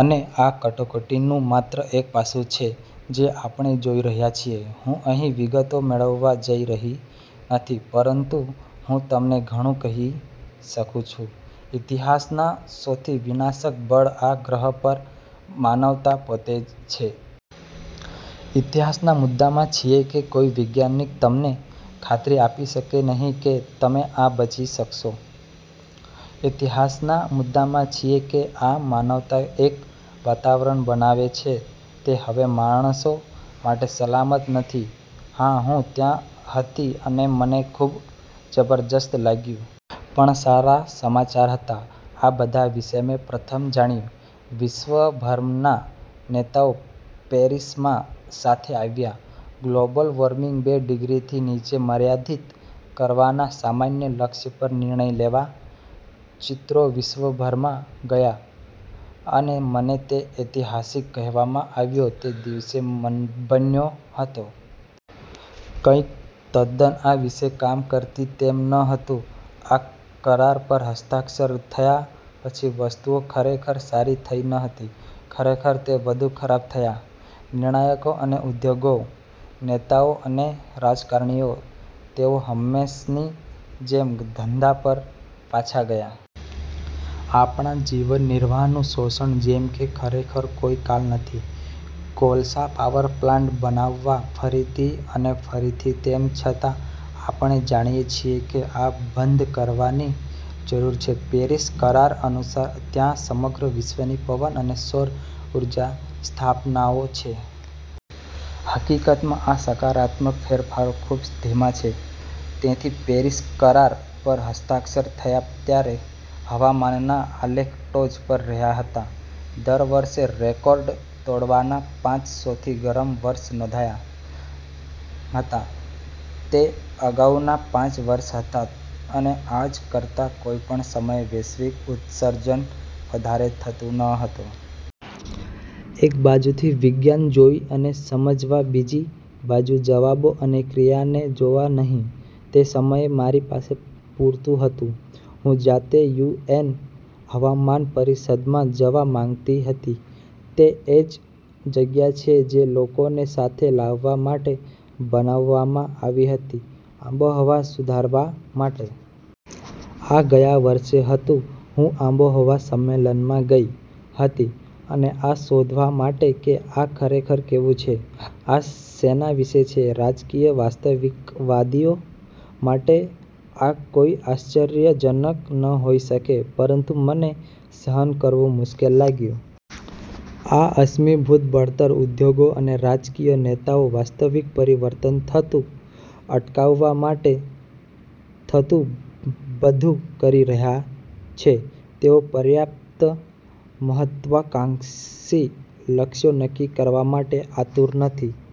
અને આ કટોકટીનુ માત્ર એક પાસું છે જે આપણે જોઈ રહ્યા છીએ. હું અહીં વિગતો મેળવવા જઇ રહી નથી પરંતુ હું તમને ઘણું કહી શકું છું. ઇતિહાસના સૌથી વિનાશક બળ આ ગ્રહ પર માનવતા પોતે છે. ઇતિહાસના મુદ્દામાં છીએ કે કોઈ વૈજ્ઞાનિક તમને ખાતરી આપી શકે નહીં કે તમે આ બચી શકશો. ઇતિહાસના મુદ્દામાં છીએ કે આ માનવતા એક વાતાવરણ બનાવે છે તે હવે માણસો માટે સલામત નથી. હા, હું ત્યાં હતી અને મને ખૂબ જબરજસ્ત લાગ્યું. પણ સારા સમાચાર હતા. આ બધા વિશે મે પ્રથમ જાણ્યું. વિશ્વભરના નેતાઓ પેરિસમાં સાથે આવ્યા ગ્લોબલ વોર્મિંગ બે ડિગ્રીથી નીચે મર્યાદિત કરવાના સામાન્ય લક્ષ્ય પર નિર્ણય લેવા. ચિત્રો વિશ્વભરમાં ગયા અને મને તે ઇતિહાસ કહેવામાં આવ્યો તે દિવસે બન્યો હતો. કંઈક તદ્દન આ વિશે કામ કરતી તેમ ન હતું. આ કરાર પર હસ્તાક્ષર થયા પછી વસ્તુઓ ખરેખર સારી થઈ ન હતી. ખરેખર, તે વધુ ખરાબ થયા. નિર્ણાયકો અને ઉદ્યોગો, નેતાઓ અને રાજકારણીઓ તેઓ હંમેશની જેમ ધંધા પર પાછા ગયા. આપણા જીવનનિર્વાહનું શોષણ જેમ કે ખરેખર કોઈ કાલ નથી. કોલસા પાવર પ્લાન્ટ બનાવવા ફરીથી અને ફરીથી તેમ છતાં આપણે જાણીએ છીએ કે આ બંધ કરવાની જરૂર છે પેરિસ કરાર અનુસાર. ત્યાં સમગ્ર વિશ્વની પવન અને સૌર ઊર્જા સ્થાપનાઓ છે. હકીકતમાં, આ સકારાત્મક ફેરફારો ખૂબ ધીમા છે. તેથી પેરિસ કરાર પર હસ્તાક્ષર થયા ત્યારે હવામાનના આલેખ ટોચ પર રહ્યા હતા દર વર્ષે રેકોર્ડ તોડવાના. પાંચ સૌથી ગરમ વર્ષ નોધાયાં હતા તે અગાઉના પાંચ વર્ષ હતા અને આજ કરતા કોઈપણ સમયે વૈશ્વિક ઉત્સર્જન વધારે થતું ન હતું. એક બાજુથી વિજ્ઞાન જોઈ અને સમજવા, બીજી બાજુ જવાબો અને ક્રિયાને જોવા નહીં. તે સમયે મારી પાસે પૂરતું હતું. હું જાતે યુએન હવામાનપરિષદમાં જવા માંગતી હતી. તે એ જ જગ્યા છે જે લોકોને સાથે લાવવા માટે બનાવવામાં આવી હતી આબોહવા સુધારવા માટે. આ ગયા વર્ષે હતું. હું આબોહવા સંમેલનમાં ગઈ હતી અને આ શોધવા માટે કે આ ખરેખર કેવું છે. આ સેના વિશે છે. રાજકીય વાસ્તવિકવાદીઓ માટે આ કોઈ આશ્ચર્યજનક ન હોઈ શકે પરંતુ મને સહન કરવું મુશ્કેલ લાગ્યું. આ અશ્મિભૂત બળતણ ઉદ્યોગો અને રાજકીય નેતાઓ વાસ્તવિક પરિવર્તન થતું અટકાવવા માટે થતું બધું કરી રહ્યા છે. તેઓ પર્યાપ્ત મહત્વાકાંક્ષી લક્ષ્યો નક્કી કરવા માટે આતુર નથી.